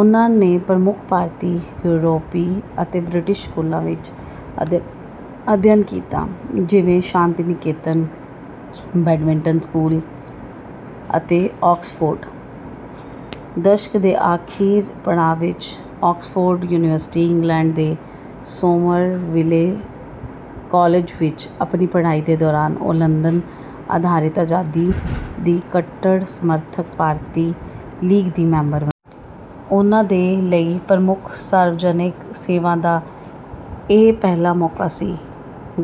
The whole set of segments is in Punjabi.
ਉਨ੍ਹਾਂ ਨੇ ਪ੍ਰਮੁੱਖ ਭਾਰਤੀ, ਯੂਰਪੀ ਅਤੇ ਬ੍ਰਿਟਿਸ਼ ਸਕੂਲਾਂ ਵਿੱਚ ਅਧਿਅਨ ਕੀਤਾ, ਜਿਵੇਂ ਸ਼ਾਂਤੀਨਿਕੇਤਨ, ਬੈਡਮਿੰਟਨ ਸਕੂਲ ਅਤੇ ਆਕਸਫੋਰਡ। ਦਸ਼ਕ ਦੇ ਅਖੀਰ ਪੜਾਅ ਵਿੱਚ ਆਕਸਫਰਡ ਯੂਨੀਵਰਸਿਟੀ, ਇੰਗਲੈਂਡ ਦੇ ਸੋਮਰਵਿੱਲੇ ਕਾਲਜ ਵਿੱਚ ਆਪਣੀ ਪੜਾਈ ਦੇ ਦੌਰਾਨ ਉਹ ਲੰਦਨ ਆਧਾਰਿਤ ਆਜ਼ਾਦੀ ਦੀ ਕੱਟੜ ਸਮਰਥਕ ਭਾਰਤੀ ਲੀਗ ਦੀ ਮੈਂਬਰ ਬਣੀ। ਉਨ੍ਹਾਂ ਦੇ ਲਈ ਪ੍ਰਮੁੱਖ ਸਾਰਵਜਨਿਕ ਸੇਵਾ ਦਾ ਇਹ ਪਹਿਲਾ ਮੌਕਾ ਸੀ।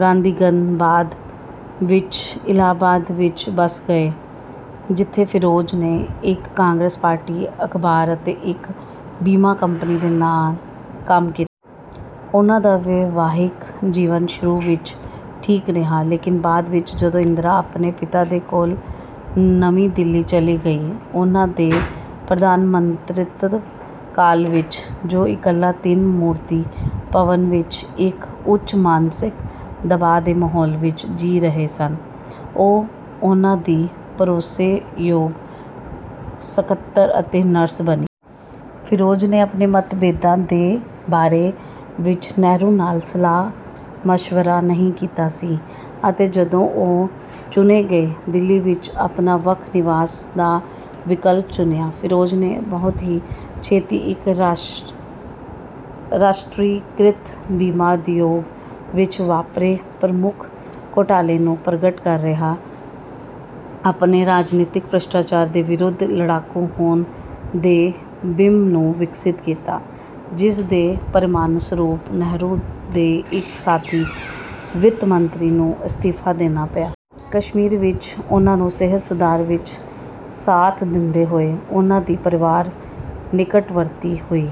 ਗਾਂਧੀਗਣ ਬਾਅਦ ਵਿੱਚ ਇਲਾਹਾਬਾਦ ਵਿੱਚ ਬਸ ਗਏ, ਜਿੱਥੇ ਫਿਰੋਜ ਨੇ ਇੱਕ ਕਾਂਗਰਸ ਪਾਰਟੀ ਅਖਬਾਰ ਅਤੇ ਇੱਕ ਬੀਮਾ ਕੰਪਨੀ ਦੇ ਨਾਲ ਕੰਮ ਕੀਤਾ। ਉਨ੍ਹਾਂ ਦਾ ਵਿਵਾਹਿਕ ਜੀਵਨ ਸ਼ੁਰੂ ਵਿੱਚ ਠੀਕ ਰਿਹਾ, ਲੇਕਿਨ ਬਾਅਦ ਵਿੱਚ ਜਦੋਂ ਇੰਦਰਾ ਆਪਣੇ ਪਿਤਾ ਦੇ ਕੋਲ ਨਵੀਂ ਦਿੱਲੀ ਚੱਲੀ ਗਈ, ਉਨ੍ਹਾਂ ਦੇ ਪ੍ਰਧਾਨਮੰਤਰਿਤਵ ਕਾਲ ਵਿੱਚ ਜੋ ਇਕੱਲੇ ਤਿੰਨ ਮੂਰਤੀ ਭਵਨ ਵਿੱਚ ਇੱਕ ਉੱਚ ਮਾਨਸਿਕ ਦਬਾਅ ਦੇ ਮਾਹੌਲ ਵਿੱਚ ਜੀ ਰਹੇ ਸਨ, ਉਹ ਉਨ੍ਹਾਂ ਦੀ ਭਰੋਸੇ ਯੋਗ, ਸਕੱਤਰ ਅਤੇ ਨਰਸ ਬਣੀ। ਫਿਰੋਜ ਨੇ ਆਪਣੇ ਮੱਤਭੇਦਾਂ ਦੇ ਬਾਰੇ ਵਿੱਚ ਨਹਿਰੂ ਨਾਲ ਸਲਾਹ ਮਸ਼ਵਿਰਾ ਨਹੀ ਕੀਤਾ ਸੀ, ਅਤੇ ਜਦੋਂ ਉਹ ਚੁਣੇ ਗਏ, ਦਿੱਲੀ ਵਿੱਚ ਆਪਣਾ ਵੱਖ ਨਿਵਾਸ ਦਾ ਵਿਕਲਪ ਚੁਣਿਆ। ਫਿਰੋਜ ਨੇ ਬਹੁਤ ਹੀ ਛੇਤੀ ਇੱਕ ਰਾਸ਼ਟਰੀਕ੍ਰਿਤ ਬੀਮਾ ਉਦਯੋਗ ਵਿੱਚ ਵਾਪਰੇ ਪ੍ਰਮੁੱਖ ਘੋਟਾਲੇ ਨੂੰ ਪਰਗਟ ਕਰ ਰਿਹਾ ਆਪਣੇ ਰਾਜਨੀਤਕ ਭ੍ਰਿਸ਼ਟਾਚਾਰ ਦੇ ਵਿਰੁੱਧ ਲੜਾਕੂ ਹੋਣ ਦੇ ਬਿੰਬ ਨੂੰ ਵਿਕਸਿਤ ਕੀਤਾ, ਜਿਸਦੇ ਪਰਿਣਾਮਸਰੂਪ ਨਹਿਰੂ ਦੇ ਇੱਕ ਸਾਥੀ, ਵਿੱਤ ਮੰਤਰੀ, ਨੂੰ ਇਸਤੀਫਾ ਦੇਣਾ ਪਿਆ। ਕਸ਼ਮੀਰ ਵਿੱਚ ਉਨ੍ਹਾਂ ਨੂੰ ਸਿਹਤ ਸੁਧਾਰ ਵਿੱਚ ਸਾਥ ਦਿੰਦੇ ਹੋਏ ਉਨ੍ਹਾਂ ਦੀ ਪਰਵਾਰ ਨਿਕਟਵਰਤੀ ਹੋਈ।